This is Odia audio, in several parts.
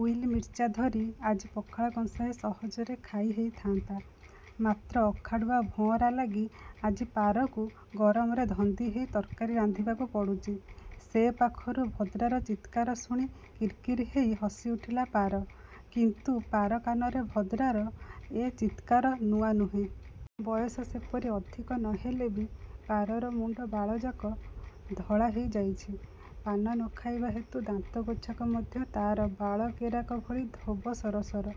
ଉଇଲ୍ ମିର୍ଚା ଧରି ଆଜି ପଖାଳ କଂସାଏ ସହଜରେ ଖାଇ ହେଇଥାନ୍ତା, ମାତ୍ର ଅଖାଡ଼ୁଆ ଭଁଅରା ଲାଗି ଆଜି ପାରକୁ ଗରମରେ ଧନ୍ଦି ହେଇ ତର୍କାରି ରାନ୍ଧିବାକୁ ପଡ଼ୁଚି। ସେ ପାଖରୁ ଭଦ୍ରାର ଚିତ୍କାର ଶୁଣି କିର୍କିର୍ ହେଇ ହସିଉଠିଲା ପାର। କିନ୍ତୁ ପାର କାନରେ ଭଦ୍ରାର ଏ ଚିତ୍କାର ନୂଆ ନୁହେଁ। ବୟସ ସେପରି ଅଧିକ ନ ହେଲେ ବି ପାରର ମୁଣ୍ଡ ବାଳଯାକ ଧଳା ହେଇଯାଇଚି। ପାନ ନ ଖାଇବାହେତୁ ଦାନ୍ତଗୋଛାକ ମଧ୍ୟ ତାର ବାଳ କେରାକ ଭଳି ଧୋବ ସରସର।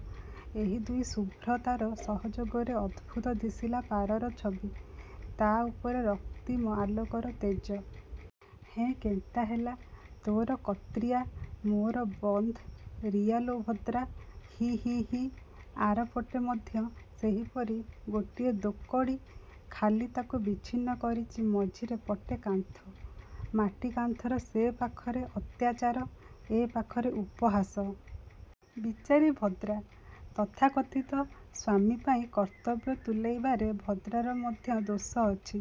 ଏହି ଦୁଇ ଶୁଭ୍ରତାର ସହଯୋଗରେ ଅଦ୍ଭୁତ ଦିଶିଲା ପାରର ଛବି–ତା ଉପରେ ରକ୍ତିମ ଆଲୋକର ତେଜ। ହେଁ କେନ୍ତା ହେଲା... ତୋର କତ୍ରିଆ, ମୋର ବନ୍ଧ୍ ରିଆ ଲୋ ଭଦ୍ରା... ହି ହି ହି... ଆରପଟେ ମଧ୍ୟ ସେହିପରି ଗୋଟିଏ ଦୋକଡ଼ି, ଖାଲି ତାକୁ ବିଚ୍ଛିନ୍ନ କରିଚି ମଝିରେ ପଟେ କାନ୍ଥ। ମାଟି କାନ୍ଥର ସେ ପାଖରେ ଅତ୍ୟାଚାର, ଏ ପାଖରେ ଉପହାସ। ବିଚାରୀ ଭଦ୍ରା! ତଥାକଥିତ ସ୍ଵାମୀ ପାଇଁ କର୍ତ୍ତବ୍ୟ ତୁଲେଇବାରେ ଭଦ୍ରାର ମଧ୍ୟ ଦୋଷ ଅଛି।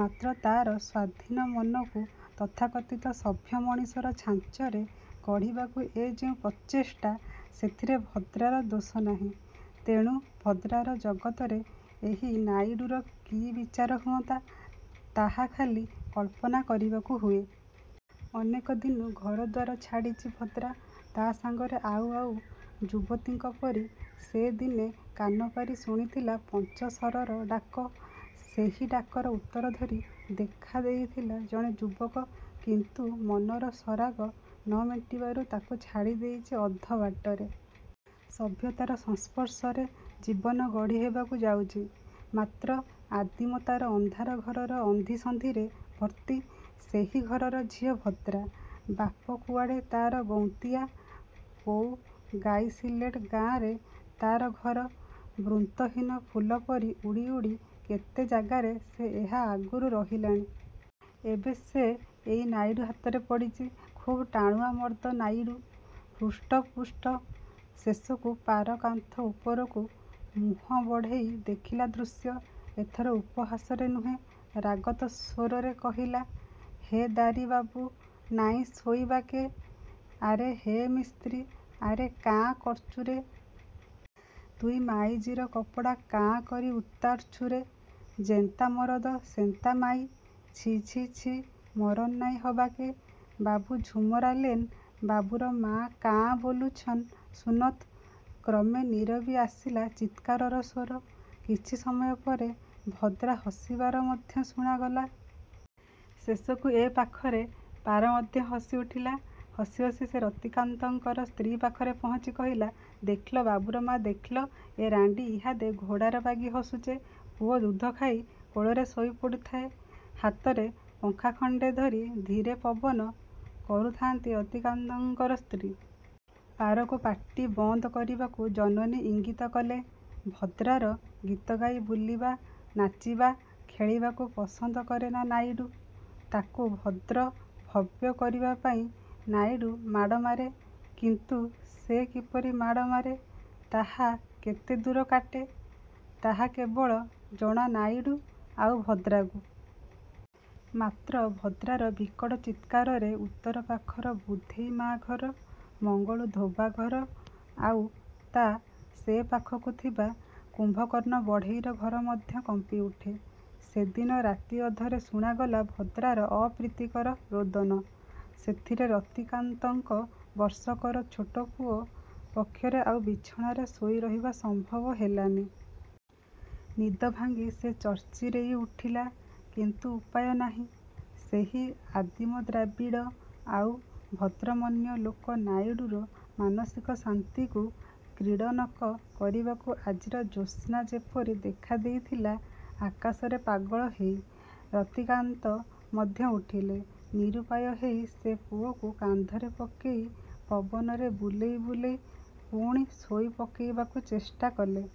ମାତ୍ର ତାର ସ୍ଵାଧୀନ ମନକୁ ତଥାକଥିତ ସଭ୍ୟମଣିଷର ଛାଞ୍ଚରେ ଗଢ଼ିବାକୁ ଏ ଯେଉଁ ପ୍ରଚେଷ୍ଟା, ସେଥିରେ ଭଦ୍ରାର ଦୋଷ ନାହିଁ। ତେଣୁ ଭଦ୍ରାର ଜଗତରେ ଏହି ନାଇଡ଼ୁର କି ବିଚାର ହୁଅନ୍ତା, ତାହା ଖାଲି କଳ୍ପନା କରିବାକୁ ହୁଏ। ଅନେକ ଦିନୁ ଘରଦ୍ଵାର ଛାଡ଼ିଚି ଭଦ୍ରା। ତା ସାଙ୍ଗରେ ଆଉ ଆଉ ଯୁବତୀଙ୍କ ପରି ସେ ଦିନେ କାନପାରି ଶୁଣିଥିଲା ପଞ୍ଚଶରର ଡାକ। ସେହି ଡାକର ଉତ୍ତର ଧରି ଦେଖାଦେଇଥିଲା ଜଣେ ଯୁବକ। କିନ୍ତୁ ମନର ସରାଗ ନ ମେଣ୍ଟିବାରୁ ତାକୁ ଛାଡ଼ି ଦେଇଚି ଅଧବାଟରେ। ସଭ୍ୟତାର ସଂସ୍ପର୍ଶରେ ଜୀବନ ଗଢ଼ି ହେବାକୁ ଯାଉଚି, ମାତ୍ର ଆଦିମତାର ଅନ୍ଧାର ଘରର ଅନ୍ଧିସନ୍ଧିରେ ଭର୍ତ୍ତି–ସେହି ଘରର ଝିଅ ଭଦ୍ରା। ବାପ କୁଆଡ଼େ ତାର ଗୌନ୍ତିଆ, କୋଉ ଗାଇସିଲେଟ ଗାଁରେ ତାର ଘର-। ବୃନ୍ତହୀନ ଫୁଲ ପରି ଉଡ଼ି ଉଡ଼ି କେତେ ଜାଗାରେ ସେ ଏହା ଆଗରୁ ରହିଲାଣି। ଏବେ ସେ ଏଇ ନାଇଡ଼ୁ ହାତରେ ପଡ଼ିଚି। ଖୁବ ଟାଣୁଆ ମର୍ଦ୍ଦ ନାଇଡ଼ୁ। ହୃଷ୍ଟପୁଷ୍ଟ। ଶେଷକୁ ପାର କାନ୍ଥ ଉପରକୁ ମୁଁହ ବଢ଼େଇ ଦେଖିଲା ଦୃଶ୍ୟ। ଏଥର ଉପହାସରେ ନୁହେଁ, ରାଗତ ସ୍ଵରରେ କହିଲା... "ହେ ଦାରୀ' ବାବୁ ନାଇଁ ଶୋଇବା କେ... ଆରେ ହେ ମିସ୍ତ୍ରୀ, ଆରେ କାଁ କର୍ଚୁରେ... ତୁଇ ମାଇଜିର କପଡ଼ା କାଁ କରି ଉତାର୍ଛୁରେ। ଯେନ୍ତା ମରଦ, ସେନ୍ତା ମାଇ। ଛି... ଛି... ଛି ମରନ୍ ନାଇଁ ହବାକେ। ବାବୁ ଝୁମରାଲେନ... ବାବୁର ମା କାଁ ବୋଲୁଛନ୍ ଶୁନତ... " କ୍ରମେ ନୀରବି ଆସିଲା ଚିତ୍କାରର ସ୍ୱର। କିଛି ସମୟ ପରେ ଭଦ୍ରା ହସିବାର ମଧ୍ୟ ଶୁଣାଗଲା। ଶେଷକୁ ଏ ପାଖରେ ପାର ମଧ୍ୟ ହସିଉଠିଲା। ହସି ହସି ସେ ରତିକାନ୍ତଙ୍କର ସ୍ତ୍ରୀ ପାଖରେ ପହଞ୍ଚି କହିଲା, "ଦେଖ୍ଲ, ବାବୁର ମା, ଦେଖ୍ଲ, ଏ ରାଁଡ଼ି ଇହାଦେ ଘୋଡ଼ାର ବାଗି ହସୁଚେ। " ପୁଅ ଦୁଧଖାଇ କୋଳରେ ଶୋଇପଡ଼ୁ ଥାଏ–ହାତରେ ପଙ୍ଖା ଖଣ୍ଡେ ଧରି ଧୀରେ ପବନ କରୁଥାନ୍ତି ରତିକାନ୍ତଙ୍କର ସ୍ତ୍ରୀ। ପାରକୁ ପାଟି ବନ୍ଦ କରିବାକୁ ଜନନୀ ଇଙ୍ଗିତ କଲେ। ଭଦ୍ରାର ଗୀତଗାଇ ବୁଲିବା, ନାଚିବା, ଖେଳିବାକୁ ପସନ୍ଦ କରେନା ନାଇଡ଼ୁ। ତାକୁ ଭଦ୍ର, ଭବ୍ୟ କରିବା ପାଇଁ ନାଇଡ଼ୁ ମାଡ଼ ମାରେ। କିନ୍ତୁ ସେ କିପରି ମାଡ଼ ମାରେ, ତାହା କେତେ ଦୂର କାଟେ, ତାହା କେବଳ ଜଣା ନାଇଡ଼ୁ, ଆଉ ଭଦ୍ରାକୁ। ମାତ୍ର ଭଦ୍ରାର ବିକଟ ଚିତ୍କାରରେ ଉତ୍ତର ପାଖର ବୁଧେଇ ମା ଘର, ମଙ୍ଗଳୁ ଧୋବା ଘର, ଆଉ ତା' ସେ ପାଖକୁ ଥିବା କୁମ୍ଭକର୍ଣ୍ଣ ବଢ଼େଇର ଘର ମଧ୍ୟ କମ୍ପିଉଠେ। ସେଦିନ ରାତି ଅଧରେ ଶୁଣାଗଲା ଭଦ୍ରାର ଅପ୍ରୀତିକର ରୋଦନ। ସେଥିରେ ରତିକାନ୍ତଙ୍କ ବର୍ଷକର ଛୋଟ ପୁଅ ପକ୍ଷରେ ଆଉ ବିଛଣାରେ ଶୋଇରହିବା ସମ୍ଭବ ହେଲାନି। ନିଦଭାଙ୍ଗି ସେ ଚିର୍ଚିରେଇ ଉଠିଲା। କିନ୍ତୁ ଉପାୟ ନାହିଁ। ସେହି ଆଦିମ ଦ୍ରାବିଡ଼ ଆଉ ଭଦ୍ରମନ୍ୟ ଲୋକ ନାଇଡ଼ୁର ମାନସିକ ଶାନ୍ତିକୁ କ୍ରୀଡ଼ନକ କରିବାକୁ ଆଜିର ଜ୍ୟୋତ୍ସ୍ନା ଯେପରି ଦେଖାଦେଇଥିଲା ଆକାଶରେ ପାଗଳ ହେଇ। ରତିକାନ୍ତ ମଧ୍ୟ ଉଠିଲେ। ନିରୁପାୟ ହେଇ ସେ ପୁଅକୁ କାନ୍ଧରେ ପକେଇ ପବନରେ ବୁଲେଇ ବୁଲେଇ ପୁଣି ଶୋଇପକେଇବାକୁ ଚେଷ୍ଟାକଲେ।